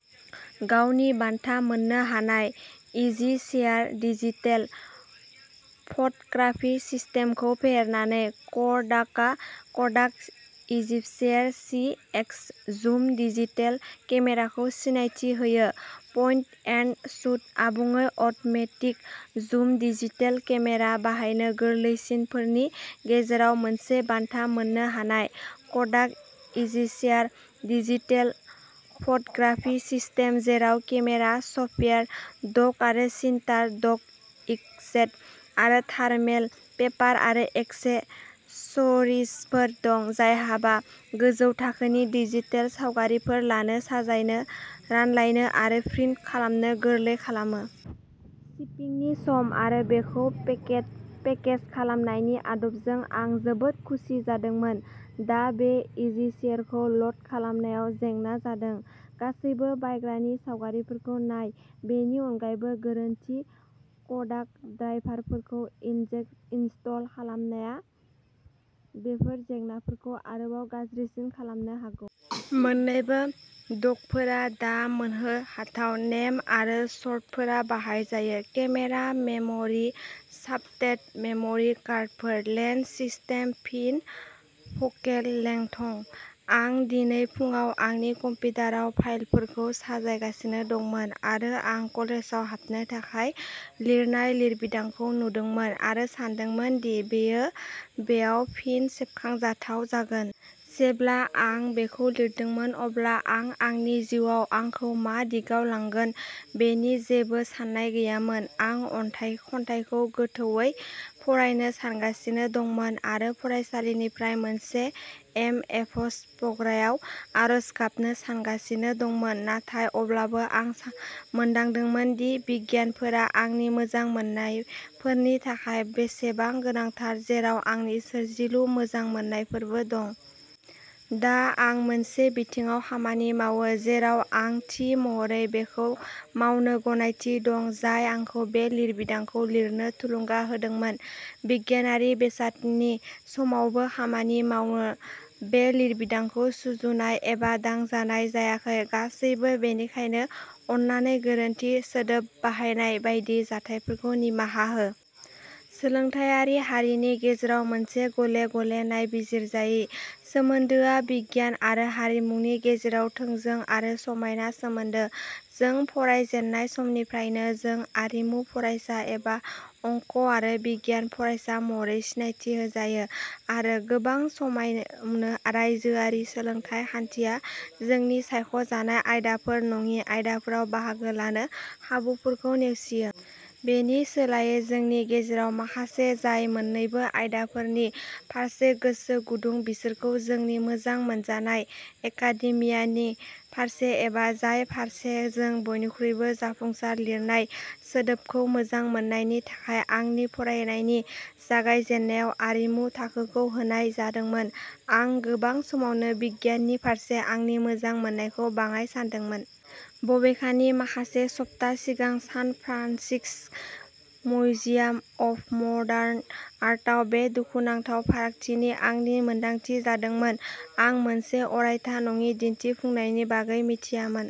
गावनि बान्था मोन्नो हानाय इजिशेयार डिजिटेल फट'ग्राफि सिस्टेमखौ फेहेरनानै, क'डाकआ क'डाक इजिशेयार सीएक्स जुम डिजिटेल केमेराखौ सिनायथि होयो पइन्ट एन्ड शुट, आबुङै अट'मेटिक जुम डिजिटेल केमेरा बाहायनो गोरलैसिनफोरनि गेजेराव मोनसे। बान्था मोन्नो हानाय Kodak EasyShare digital photography system जेराव केमेरा, सफ्टवेयार, डक आरो प्रिन्टार डक, इंकजेट आरो थार्मेल पेपार आरो एक्सेसरिजफोर दं जायहाबा गोजौ थाखोनि डिजिटेल सावगारिफोर लानो, साजायनो, रानलायनो आरो प्रिन्ट खालामनो गोरलै खालामो। शिपिंनि सम आरो बेखौ पेकेट पेकेज खालामनायनि आदबजों आं जोबोद खुसि जादोंमोन। दा बे इजिशेयारखौ ल'ड खालामनायाव जेंना जादों। गासैबो बायग्रानि सावगारिफोरखौ नाय। बेनि अनगायैबो, गोरोन्थि क'डाक ड्राइभारफोरखौ इनस्टल खालामनाया बेफोर जेंनाफोरखौ आरोबाव गाज्रिसिन खालामनो हागौ। मोन्नैबो डकफोरा दा मोनहोहाथाव। नेम आरो सर्तफोरा बाहायजायो। केमेरा मेम'रि साप'टेड मेम'रि कार्डफोर। लेन्स सिस्टेम फिन फ'केल लेंथ। आं दिनै फुंआव आंनि कम्पिउटाराव फाइलफोरखौ साजायगासिनो दंमोन आरो आं कलेजाव हाबनो थाखाय लिरनाय लिरबिदांखौ नुदोंमोन, आरो सानदोंमोन दि बेयो बेयाव फिन सेबखांजाथाव जागोन। जेब्ला आं बेखौ लिरदोंमोन, अब्ला आं आंनि जिउआव आंखौ मा दिगाव लांगोन बेनि जेबो सान्नाय गैयामोन आं अन्थाय खन्थाइखौ गोथौवै फरायनो सानगासिनो दंमोन आरो फरायसालिनिफ्रायनो मोनसे एमएफए प्रग्रामाव आर'ज गाबनो सानगासिनो दंमोन। नाथाय अब्लाबो आं मोनदांदोंमोन दि बिगियानफोरा आंनि मोजांमोननायफोरनि थाखाय बेसेबां गोनांथार, जेराव आंनि सोरजिलु मोजांमोननायफोरबो दं। दा आं मोनसे बिथिङाव खामानि मावो जेराव आं थि महरै बेखौ मावनो गनायथि दं जाय आंखौ बे लिरबिदांखौ लिरनो थुलुंगा होदोंमोन बिगियानारि बेसादनि समायनाजों खामानि मावो। बे लिरबिदांखौ सुजुनाय एबा" दांजानाय "जायाखै। गासैबो, बेनिखायनो अन्नानै गोरोन्थि सोदोब बाहायनाय बायदि जाथायफोरखौ निमाहा हो। सोलोंथायारि हारिनि गेजेराव मोनसे गले गले नायबिजिरजायै सोमोन्दोआ बिगियान आरो आरिमुनि गेजेराव थोंजों आरो समायना सोमोन्दो। जों फरायजेननाय समनिफ्रायनो, जों "आरिमु" फरायसा एबा "अंक आरो बिगियान" फरायसा महरै सिनायथि होजायो, आरो गोबां समावनो रायजोआरि सोलोंथाय खान्थिया जोंनि सायख' जानाय आयदाफोर नङि आयदाफोराव बाहागो लानो खाबुफोरखौ नेवसियो। बेनि सोलायै, जोंनि गेजेराव माखासे जाय मोन्नैबो आयदाफोरनि फारसे गोसो गुदुं, बिसोरखौ जोंनि "मोजां मोनजानाय" एकाडेमियानि फारसे, एबा जाय फारसे जों बयनिख्रुइबो जाफुंसार लिरनाय सोदोबखौ मोजां मोननायनि थाखाय आंनि फरायनायनि जागायजेन्नायाव "आरिमु" थाखोखौ होनाय जादोंमोन, आं गोबां समावनो बिगियाननि फारसे आंनि मोजां मोननायखौ बाङाइ सान्दोंमोन। बबेखानि, माखासे सप्ता सिगां San Francisco' Museum of Modern आर्टआव बे दुखुनांथाव फारागथिनि आंनि मोनदांथि जादोंमोन। आं मोनसे अरायथा नङि दिन्थिफुंनायनि बागै मिथियामोन।